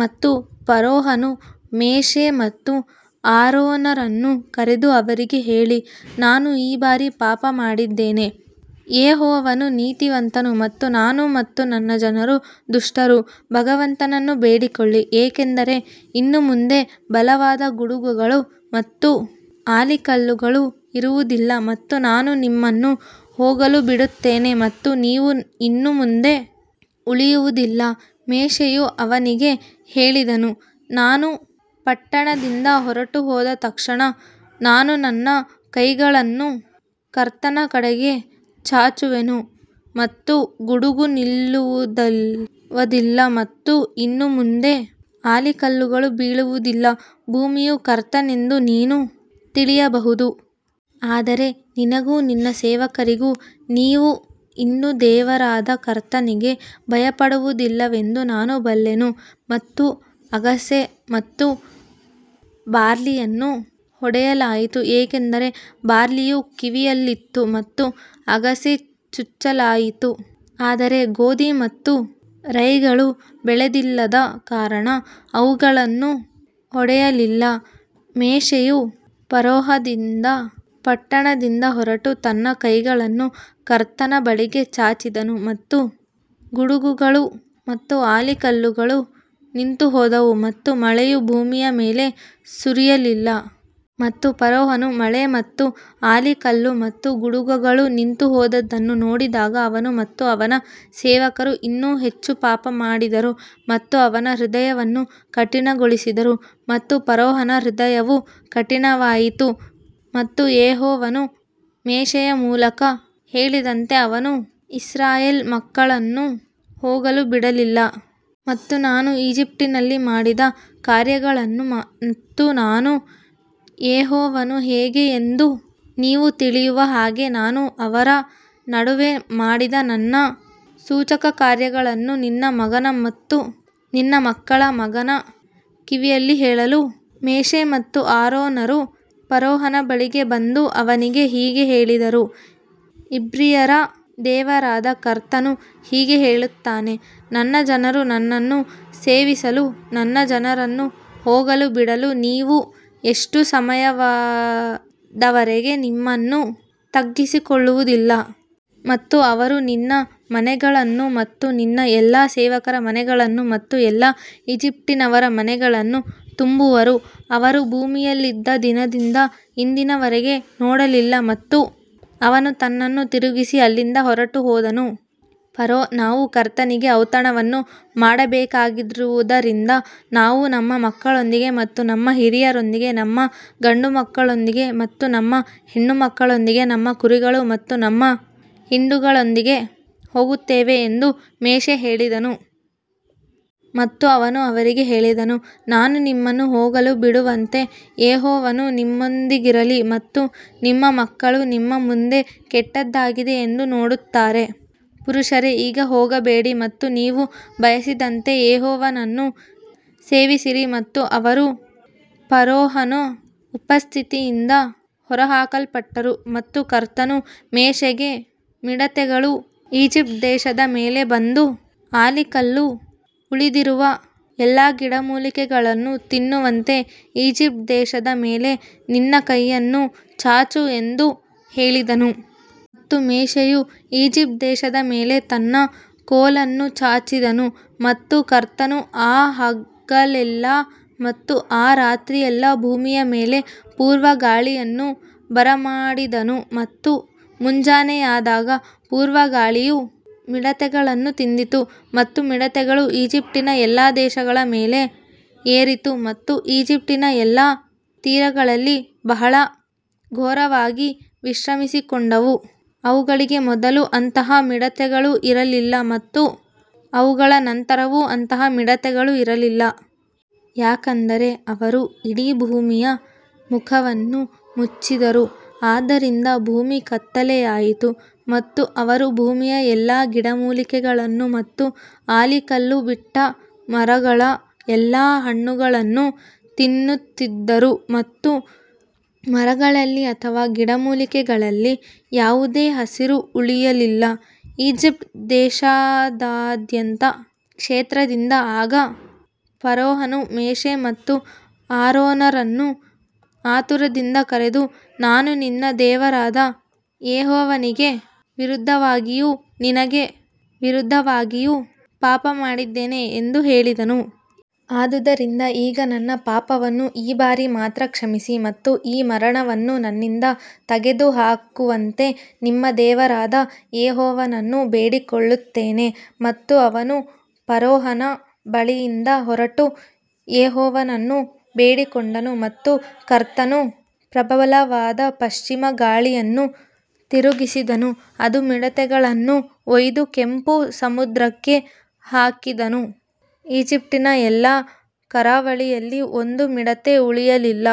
ಮತ್ತು ಫರೋಹನು ಮೋಶೆ ಮತ್ತು ಆರೋನರನ್ನು ಕರೆದು ಅವರಿಗೆ ಹೇಳಿ, ನಾನು ಈ ಬಾರಿ ಪಾಪ ಮಾಡಿದ್ದೇನೆ, ಯೆಹೋವನು ನೀತಿವಂತನು ಮತ್ತು ನಾನು ಮತ್ತು ನನ್ನ ಜನರು ದುಷ್ಟರು. ಭಗವಂತನನ್ನು ಬೇಡಿಕೊಳ್ಳಿ ಏಕೆಂದರೆ ಇನ್ನು ಮುಂದೆ ಬಲವಾದ ಗುಡುಗುಗಳು ಮತ್ತು ಆಲಿಕಲ್ಲುಗಳು ಇರುವುದಿಲ್ಲ ಮತ್ತು ನಾನು ನಿಮ್ಮನ್ನು ಹೋಗಲು ಬಿಡುತ್ತೇನೆ ಮತ್ತು ನೀವು ಇನ್ನು ಮುಂದೆ ಉಳಿಯುವುದಿಲ್ಲ ಮೋಶೆಯು ಅವನಿಗೆ ಹೇಳಿದನು, ನಾನು ಪಟ್ಟಣದಿಂದ ಹೊರಟುಹೋದ ತಕ್ಷಣ ನಾನು ನನ್ನ ಕೈಗಳನ್ನು ಕರ್ತನ ಕಡೆಗೆ ಚಾಚುವೆನು ಮತ್ತು ಗುಡುಗು ನಿಲ್ಲುವದಿಲ್ಲ ಮತ್ತು ಇನ್ನು ಮುಂದೆ ಆಲಿಕಲ್ಲುಗಳು ಬೀಳುವದಿಲ್ಲ ಭೂಮಿಯು ಕರ್ತನೆಂದು ನೀನು ತಿಳಿಯಬಹುದು. ಆದರೆ ನಿನಗೂ ನಿನ್ನ ಸೇವಕರಿಗೂ ನೀವು ಇನ್ನೂ ದೇವರಾದ ಕರ್ತನಿಗೆ ಭಯಪಡುವದಿಲ್ಲವೆಂದು ನಾನು ಬಲ್ಲೆನು ಮತ್ತು ಅಗಸೆ ಮತ್ತು ಬಾರ್ಲಿಯನ್ನು ಹೊಡೆಯಲಾಯಿತು ಏಕೆಂದರೆ ಬಾರ್ಲಿಯು ಕಿವಿಯಲ್ಲಿತ್ತು ಮತ್ತು ಅಗಸೆ ಚುಚ್ಚಲಾಯಿತು ಆದರೆ ಗೋಧಿ ಮತ್ತು ರೈಗಳು ಬೆಳೆದಿಲ್ಲದ ಕಾರಣ ಅವುಗಳನ್ನು ಹೊಡೆಯಲಿಲ್ಲ ಮೋಶೆಯು ಫರೋಹನಿಂದ ಪಟ್ಟಣದಿಂದ ಹೊರಟು ತನ್ನ ಕೈಗಳನ್ನು ಕರ್ತನ ಬಳಿಗೆ ಚಾಚಿದನು ಮತ್ತು ಗುಡುಗುಗಳು ಮತ್ತು ಆಲಿಕಲ್ಲುಗಳು ನಿಂತುಹೋದವು ಮತ್ತು ಮಳೆಯು ಭೂಮಿಯ ಮೇಲೆ ಸುರಿಯಲಿಲ್ಲ. ಮತ್ತು ಫರೋಹನು ಮಳೆ ಮತ್ತು ಆಲಿಕಲ್ಲು ಮತ್ತು ಗುಡುಗುಗಳು ನಿಂತುಹೋದುದನ್ನು ನೋಡಿದಾಗ ಅವನು ಮತ್ತು ಅವನ ಸೇವಕರು ಇನ್ನೂ ಹೆಚ್ಚು ಪಾಪ ಮಾಡಿದರು ಮತ್ತು ಅವನ ಹೃದಯವನ್ನು ಕಠಿಣಗೊಳಿಸಿದರು. ಮತ್ತು ಫರೋಹನ ಹೃದಯವು ಕಠಿಣವಾಯಿತು ಮತ್ತು ಯೆಹೋವನು ಮೋಶೆಯ ಮೂಲಕ ಹೇಳಿದಂತೆ ಅವನು ಇಸ್ರಾಯೇಲ್ ಮಕ್ಕಳನ್ನು ಹೋಗಲು ಬಿಡಲಿಲ್ಲ. ಮತ್ತು ನಾನು ಈಜಿಪ್ಟಿನಲ್ಲಿ ಮಾಡಿದ ಕಾರ್ಯಗಳನ್ನು ಮತ್ತು ನಾನು ಯೆಹೋವನು ಹೇಗೆ ಎಂದು ನೀವು ತಿಳಿಯುವ ಹಾಗೆ ನಾನು ಅವರ ನಡುವೆ ಮಾಡಿದ ನನ್ನ ಸೂಚಕಕಾರ್ಯಗಳನ್ನು ನಿನ್ನ ಮಗನ ಮತ್ತು ನಿನ್ನ ಮಕ್ಕಳ ಮಗನ ಕಿವಿಯಲ್ಲಿ ಹೇಳಲು. ಮೋಶೆ ಮತ್ತು ಆರೋನರು ಫರೋಹನ ಬಳಿಗೆ ಬಂದು ಅವನಿಗೆ ಹೀಗೆ ಹೇಳಿದರು ಇಬ್ರಿಯರ ದೇವರಾದ ಕರ್ತನು ಹೀಗೆ ಹೇಳುತ್ತಾನೆ ನನ್ನ ಜನರು ನನ್ನನ್ನು ಸೇವಿಸಲು ನನ್ನ ಜನರನ್ನು ಹೋಗಲು ಬಿಡಲು ನೀವು ಎಷ್ಟು ಸಮಯದವರೆಗೆ ನಿಮ್ಮನ್ನು ತಗ್ಗಿಸಿಕೊಳ್ಳುವುದಿಲ್ಲ. ಮತ್ತು ಅವರು ನಿನ್ನ ಮನೆಗಳನ್ನು ಮತ್ತು ನಿನ್ನ ಎಲ್ಲಾ ಸೇವಕರ ಮನೆಗಳನ್ನು ಮತ್ತು ಎಲ್ಲಾ ಈಜಿಪ್ಟಿನವರ ಮನೆಗಳನ್ನು ತುಂಬುವರು, ಅವರು ಭೂಮಿಯಲ್ಲಿದ್ದ ದಿನದಿಂದ ಇಂದಿನವರೆಗೆ ನೋಡಲಿಲ್ಲ ಮತ್ತು ಅವನು ತನ್ನನ್ನು ತಿರುಗಿಸಿ ಅಲ್ಲಿಂದ ಹೊರಟುಹೋದನು. ಫರೋ ನಾವು ಕರ್ತನಿಗೆ ಔತಣವನ್ನು ಮಾಡಬೇಕಾಗಿರುವುದರಿಂದ ನಾವು ನಮ್ಮ ಮಕ್ಕಳೊಂದಿಗೆ ಮತ್ತು ನಮ್ಮ ಹಿರಿಯರೊಂದಿಗೆ ನಮ್ಮ ಗಂಡುಮಕ್ಕಳೊಂದಿಗೆ ಮತ್ತು ನಮ್ಮ ಹೆಣ್ಣುಮಕ್ಕಳೊಂದಿಗೆ ನಮ್ಮ ಕುರಿಗಳು ಮತ್ತು ನಮ್ಮ ಹಿಂಡುಗಳೊಂದಿಗೆ ಹೋಗುತ್ತೇವೆ ಎಂದು ಮೋಶೆ ಹೇಳಿದನು. ಮತ್ತು ಅವನು ಅವರಿಗೆ ಹೇಳಿದನು, ನಾನು ನಿಮ್ಮನ್ನು ಹೋಗಲು ಬಿಡುವಂತೆ ಯೆಹೋವನು ನಿಮ್ಮೊಂದಿಗಿರಲಿ ಮತ್ತು ನಿಮ್ಮ ಮಕ್ಕಳು ನಿಮ್ಮ ಮುಂದೆ ಕೆಟ್ಟದ್ದಾಗಿದೆ ಎಂದು ನೋಡುತ್ತಾರೆ. ಪುರುಷರೇ ಈಗ ಹೋಗಬೇಡಿ ಮತ್ತು ನೀವು ಬಯಸಿದಂತೆ ಯೆಹೋವನನ್ನು ಸೇವಿಸಿರಿ ಮತ್ತು ಅವರು ಫರೋಹನ ಉಪಸ್ಥಿತಿಯಿಂದ ಹೊರಹಾಕಲ್ಪಟ್ಟರು. ಮತ್ತು ಕರ್ತನು ಮೋಶೆಗೆ ಮಿಡತೆಗಳು ಈಜಿಪ್ಟ್ ದೇಶದ ಮೇಲೆ ಬಂದು ಆಲಿಕಲ್ಲು ಉಳಿದಿರುವ ಎಲ್ಲಾ ಗಿಡಮೂಲಿಕೆಗಳನ್ನು ತಿನ್ನುವಂತೆ ಈಜಿಪ್ಟ್ ದೇಶದ ಮೇಲೆ ನಿನ್ನ ಕೈಯನ್ನು ಚಾಚು ಎಂದು ಹೇಳಿದನು. ಮತ್ತು ಮೋಶೆಯು ಈಜಿಪ್ಟ್ ದೇಶದ ಮೇಲೆ ತನ್ನ ಕೋಲನ್ನು ಚಾಚಿದನು ಮತ್ತು ಕರ್ತನು ಆ ಹಗಲೆಲ್ಲಾ ಮತ್ತು ಆ ರಾತ್ರಿಯೆಲ್ಲಾ ಭೂಮಿಯ ಮೇಲೆ ಪೂರ್ವ ಗಾಳಿಯನ್ನು ಬರಮಾಡಿದನು ಮತ್ತು ಮುಂಜಾನೆಯಾದಾಗ ಪೂರ್ವ ಗಾಳಿಯು ಮಿಡತೆಗಳನ್ನು ತಂದಿತು. ಮತ್ತು ಮಿಡತೆಗಳು ಈಜಿಪ್ಟಿನ ಎಲ್ಲಾ ದೇಶಗಳ ಮೇಲೆ ಏರಿತು ಮತ್ತು ಈಜಿಪ್ಟಿನ ಎಲ್ಲಾ ತೀರಗಳಲ್ಲಿ ಬಹಳ ಘೋರವಾಗಿ ವಿಶ್ರಮಿಸಿಕೊಂಡವು, ಅವುಗಳಿಗೆ ಮೊದಲು ಅಂತಹ ಮಿಡತೆಗಳು ಇರಲಿಲ್ಲ ಮತ್ತು ಅವುಗಳ ನಂತರವೂ ಅಂತಹ ಮಿಡತೆಗಳು ಇರಲಿಲ್ಲ. ಯಾಕಂದರೆ ಅವರು ಇಡೀ ಭೂಮಿಯ ಮುಖವನ್ನು ಮುಚ್ಚಿದರು ಆದ್ದರಿಂದ ಭೂಮಿ ಕತ್ತಲೆಯಾಯಿತು ಮತ್ತು ಅವರು ಭೂಮಿಯ ಎಲ್ಲಾ ಗಿಡಮೂಲಿಕೆಗಳನ್ನು ಮತ್ತು ಆಲಿಕಲ್ಲು ಬಿಟ್ಟ ಮರಗಳ ಎಲ್ಲಾ ಹಣ್ಣುಗಳನ್ನು ತಿನ್ನುತ್ತಿದ್ದರು ಮತ್ತು ಮರಗಳಲ್ಲಿ ಅಥವಾ ಗಿಡಮೂಲಿಕೆಗಳಲ್ಲಿ ಯಾವುದೇ ಹಸಿರು ಉಳಿಯಲಿಲ್ಲ. ಈಜಿಪ್ಟ್ ದೇಶದಾದ್ಯಂತ ಕ್ಷೇತ್ರದಿಂದ ಆಗ ಫರೋಹನು ಮೋಶೆ ಮತ್ತು ಆರೋನರನ್ನು ಆತುರದಿಂದ ಕರೆದು ನಾನು ನಿನ್ನ ದೇವರಾದ ಯೆಹೋವನಿಗೆ ವಿರುದ್ಧವಾಗಿಯೂ ನಿನಗೆ ವಿರುದ್ಧವಾಗಿಯೂ ಪಾಪಮಾಡಿದ್ದೇನೆ ಎಂದು ಹೇಳಿದನು. ಆದುದರಿಂದ ಈಗ ನನ್ನ ಪಾಪವನ್ನು ಈ ಬಾರಿ ಮಾತ್ರ ಕ್ಷಮಿಸಿ ಮತ್ತು ಈ ಮರಣವನ್ನು ನನ್ನಿಂದ ತೆಗೆದುಹಾಕುವಂತೆ ನಿಮ್ಮ ದೇವರಾದ ಯೆಹೋವನನ್ನು ಬೇಡಿಕೊಳ್ಳುತ್ತೇನೆ. ಮತ್ತು ಅವನು ಫರೋಹನ ಬಳಿಯಿಂದ ಹೊರಟು ಯೆಹೋವನನ್ನು ಬೇಡಿಕೊಂಡನು ಮತ್ತು ಕರ್ತನು ಪ್ರಬಲವಾದ ಪಶ್ಚಿಮ ಗಾಳಿಯನ್ನು ತಿರುಗಿಸಿದನು, ಅದು ಮಿಡತೆಗಳನ್ನು ಒಯ್ದು ಕೆಂಪು ಸಮುದ್ರಕ್ಕೆ ಹಾಕಿದನು, ಈಜಿಪ್ಟಿನ ಎಲ್ಲಾ ಕರಾವಳಿಯಲ್ಲಿ ಒಂದು ಮಿಡತೆ ಉಳಿಯಲಿಲ್ಲ.